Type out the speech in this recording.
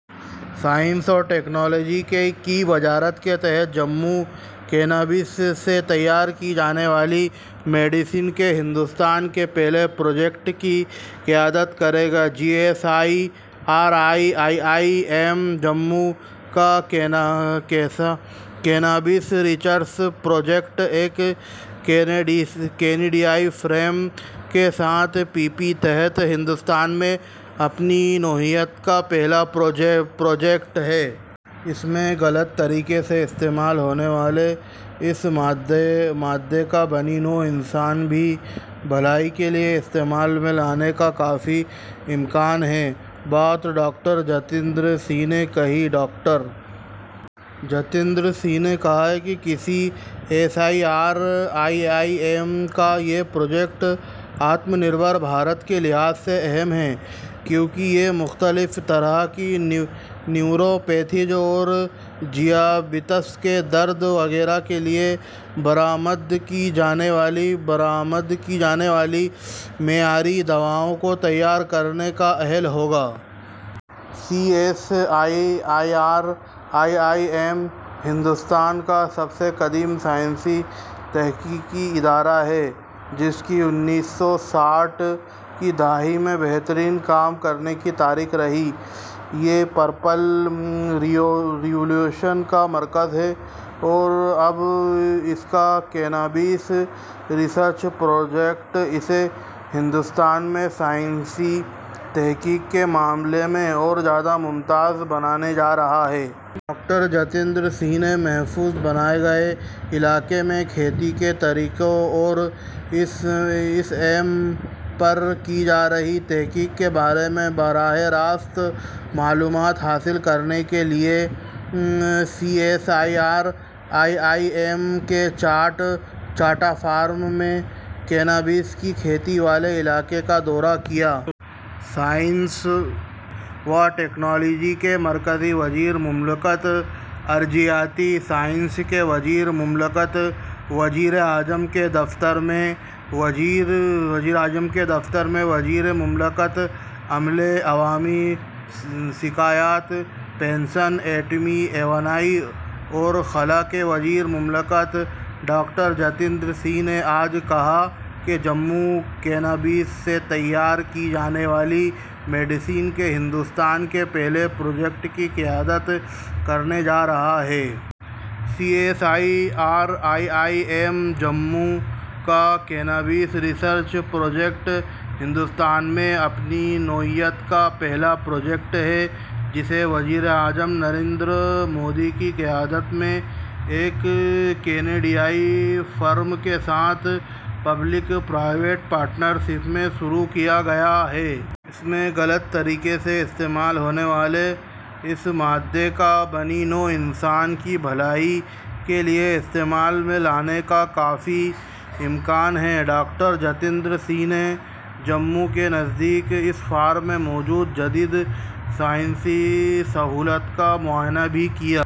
Science اور technology کی وزارت کے تحت جموں کینابیس سے تیار کی جانے والی میڈیسن کے ہندوستان کے پہلے پروجیکٹ کی قیادت کرے گا۔ C S I R I I I M Jammu کا کینابیس ریسرچ پروجیکٹ ایک کینیڈیائی فرم کے ساتھ پی پی پی کے تحت ہندوستان میں اپنی نوعیت کا پہلا پروجیکٹ ہے۔ اس میں غلط طریقے سے استعمال ہونے والے اس مادے کا بنی نوع انسان کی بھلائی کے لیے استعمال میں لانے کا کافی امکان ہے، یہ بات ڈاکٹر جتیندر سنگھ نے کہی۔ ڈاکٹر جتیندر سنگھ نے کہا کہ C S I R I I I M کا یہ پروجیکٹ آتم نربھر بھارت کے لحاظ سے اہم ہے کیونکہ یہ مختلف طرح کی نیوروپیتھیز اور ذیابیطس کے درد وغیرہ کے لیے برآمد کی جانے والی معیاری دواؤں کو تیار کرنے کا اہل ہوگا۔ C S I R I I I M Hindustan کا سب سے قدیم سائنسی تحقیقی ادارہ ہے جس کی انیس سو ساٹھ کی دہائی میں بہترین کام کرنے کی تاریخ رہی ہے۔ یہ پرپل ریولوشن کا مرکز ہے اور اب اس کا کینابیس ریسرچ پروجیکٹ اسے ہندوستان میں سائنسی تحقیق کے معاملے میں اور زیادہ ممتاز بنانے جا رہا ہے۔ ڈاکٹر جتیندر سنگھ نے محفوظ بنائے گئے علاقے میں کھیتی کے طریقوں اور اس اہم پودے پر کی جا رہی تحقیق کے بارے میں براہ راست معلومات حاصل کرنے کے لیے C S I R I I I M کے چاتھا فارم میں کینابیس کی کھیتی والے علاقے کا دورہ کیا۔ سائنس و ٹیکنالوجی کے مرکزی وزیر مملکت، ارضیاتی سائنسز کے وزیر مملکت، وزیر اعظم کے دفتر میں وزیر مملکت، عملے، عوامی شکایات، پنشن، ایٹمی توانائی اور خلا کے وزیر مملکت ڈاکٹر جتیندر سنگھ نے آج کہا کہ جموں کینابیس سے تیار کی جانے والی میڈیسن کے ہندوستان کے پہلے پروجیکٹ کی قیادت کرنے جا رہا ہے۔ C S I R I I I M Jammu کا کینابیس ریسرچ پروجیکٹ ہندوستان میں اپنی نوعیت کا پہلا پروجیکٹ ہے جسے وزیر اعظم نریندر مودی کی قیادت میں ایک کینیڈیائی فرم کے ساتھ پبلک پرائیویٹ پارٹنرشپ میں شروع کیا گیا ہے۔ اس میں غلط طریقے سے استعمال ہونے والے اس مادے کا بنی نوع انسان کی بھلائی کے لیے استعمال میں لانے کا کافی امکان ہے۔ ڈاکٹر جتیندر سنگھ نے جموں کے نزدیک اس فارم میں موجود جدید سائنسی سہولیات کا معائنہ بھی کیا۔